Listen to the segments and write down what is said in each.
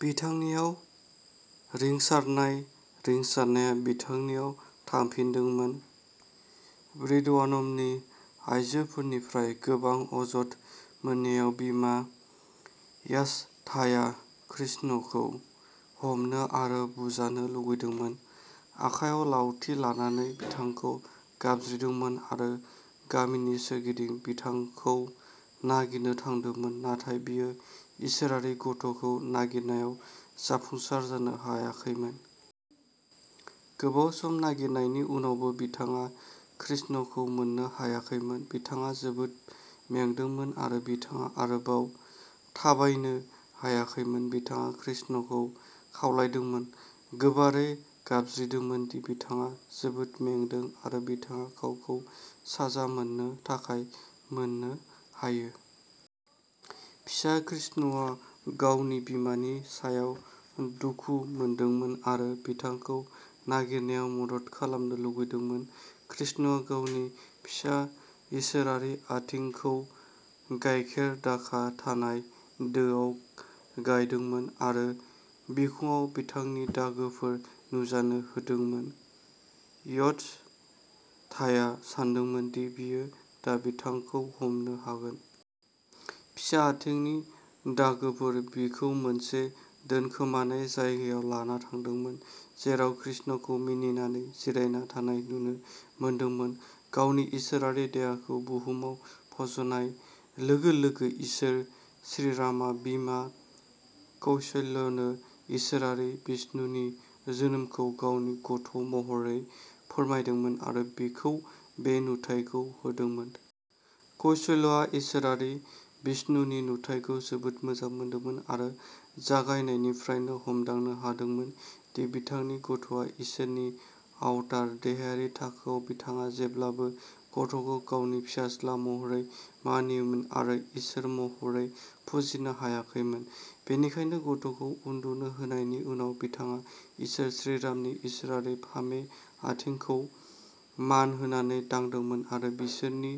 बिथांनियाव रिंसारनाय। रिंसारनाया बिथांनियाव थांफिनदोंमोन। ब्रिडवानमनि आइजोफोरनिफ्राय गोबां अजद मोननायाव बिमा यास'धाया कृष्णखौ हमनो आरो बुजानो लुबैदोंमोन। आखायाव लावथि लानानै बिथांखौ गाबज्रिदोंमोन आरो गामिनि सोरगिदिं बिथांखौ नागिरनो थांदोंमोन। नाथाय बियो इसोरारि गथ'खौ नागिरनायाव जाफुंसार जानो हायाखैमोन। गोबाव सम नागिरनायनि उनावबो बिथाङा कृष्णखौ मोननो हायाखैमोन। बिथाङा जोबोद मेंदोंमोन आरो बिथाङा आरोबाव थाबायनो हायाखैमोन। बिथाङा कृष्णखौ खावलायदोंमोन, गोबारै गाबज्रिदोंमोन दि बिथाङा जोबोद मेंदों आरो बिथाङा गावखौ साजा मोननो थाखाय मोननो हायो। फिसा कृष्णआ गावनि बिमानि सायाव दुखु मोनदोंमोन आरो बिथांखौ नागिरनायाव मदद खालामनो लुबैदोंमोन। कृष्णआ गावनि फिसा इसोरारि आथिंखौ गाइखेरदाखा थानाय दोआव गायदोंमोन आरो बिखुंआव बिथांनि दागोफोर नुजानो होदोंमोन। यश'धाया सानदोंमोन दि बियो दा बिथांखौ हमनो हागोन। फिसा आथिंनि दागोफोर, बिखौ मोनसे दोनखोमानाय जायगायाव लाना थांदोंमोन जेराव कृष्णखौ मिनिनानै जिरायना थानाय नुनो मोनदोंमोन। गावनि इसोरारि देहाखौ बुहुमाव फज'नाय लोगो लोगो इसोर श्रीरामआ बिमा कौसल्यनो इसोरारि बिष्णुनि जोनोमखौ गावनि गथ' महरै फोरमायदोंमोन आरो बिखौ बे नुथायखौ होदोंमोन। कौसल्यआ इसोरारि बिष्णुनि नुथायखौ जोबोद मोजां मोनदोंमोन आरो जागायनायनिफ्रायनो हमदांनो हादोंमोन दि बिथांनि गथ'आ इसोरनि आवतार। देहायारि थाखोआव बिथाङा जेब्लाबो गथ'खौ गावनि फिसाज्ला महरै मानियोमोन आरो इसोर महरै फुजिनो हायाखैमोन। बेनिखायनो गथ'खौ उन्दुनो होनायनि उनाव बिथाङा इसोर श्रीरामनि इसोरारि फामे आथिंखौ मान होनानै दांदोंमोन आरो बिसोरनि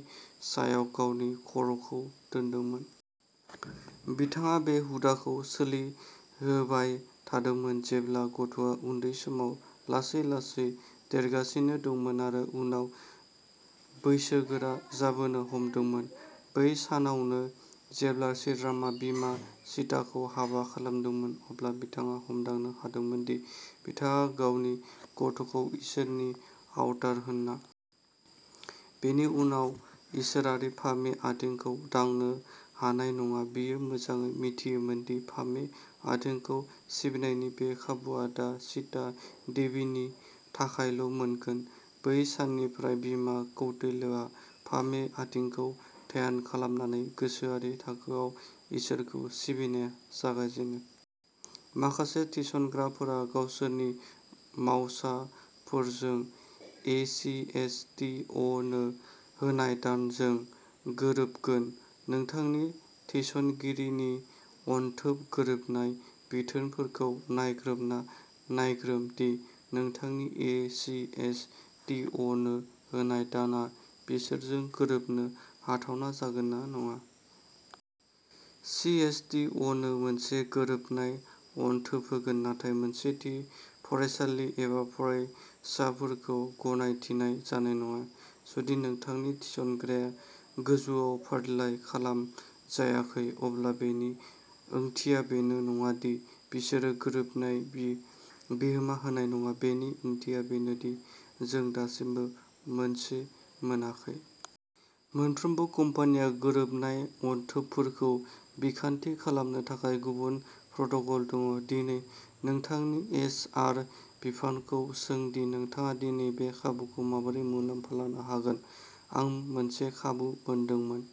सायाव गावनि खर'खौ दोनदोंमोन। बिथाङा बे हुदाखौ सोलिहोबाय थादोंमोन, जेब्ला गथ'आ उन्दै समाव लासै लासै देरगासिनो दंमोन आरो उनाव बैसोगोरा जाबोनो हमदोंमोन। बै सानावनो जेब्ला श्रीरामआ बिमा सीताखौ हाबा खालामदोंमोन, अब्ला बिथाङा हमदांनो हादोंमोन दि बिथाङा गावनि गथ'खौ इसोरनि आवतार होनना। बेनि उनाव इसोरारि फामे आथिंखौ दांनो हानाय नङा। बियो मोजाङै मिथियोमोन दि फामे आथिंखौ सिबिनायनि बे खाबुआ दा सीता देवीनि थाखायल' मोनगोन। बै साननिफ्राय बिमा कौसल्या फामे आथिंखौ ध्यान खालामनानै गोसोआरि थाखोआव इसोरखौ सिबिनो जागायजेनो। माखासे थिसनग्राफोरा गावसोरनि मावसाफोरजों ए C S T a no होनाय दानजों गोरोबगोन। नोंथांनि थिसनगिरिनि अनथोब गोरोबनाय बिथोनफोरखौ नायग्रोमना नायग्रोम दि नोंथांनि ए C S T a no होनाय दानआ बिसोरजों गोरोबनो हाथावना जागोन ना नङा। C S T a no मोनसे गोरोबनाय अनथोब होगोन, नाथाय मोनसे थि फरायसालि एबा फरायसाफोरखौ गनायथिनाय जानाय नङा। जुदि नोंथांनि थिसनग्राया गोजौआव फारिलाइ खालामजायाखै, अब्ला बेनि ओंथिया बेनो नङा दि बिसोरो गोरोबनाय बि बिहोमा होनाय नङा बेनि ओंथिया बेनो दि जों दासिमबो मोनसे मोनाखै। मोनफ्रोमबो कम्पानिहा गोरोबनाय अनथोबफोरखौ बिखान्थि खालामनो थाखाय गुबुन प्रट'कल दं। दिनै नोंथांनि एच आर बिफानखौ सों दि नोंथाङा दिनै बे खाबुखौ माबोरै मुलाम्फा लानो हागोन। आं मोनसे खाबु मोनदोंमोन।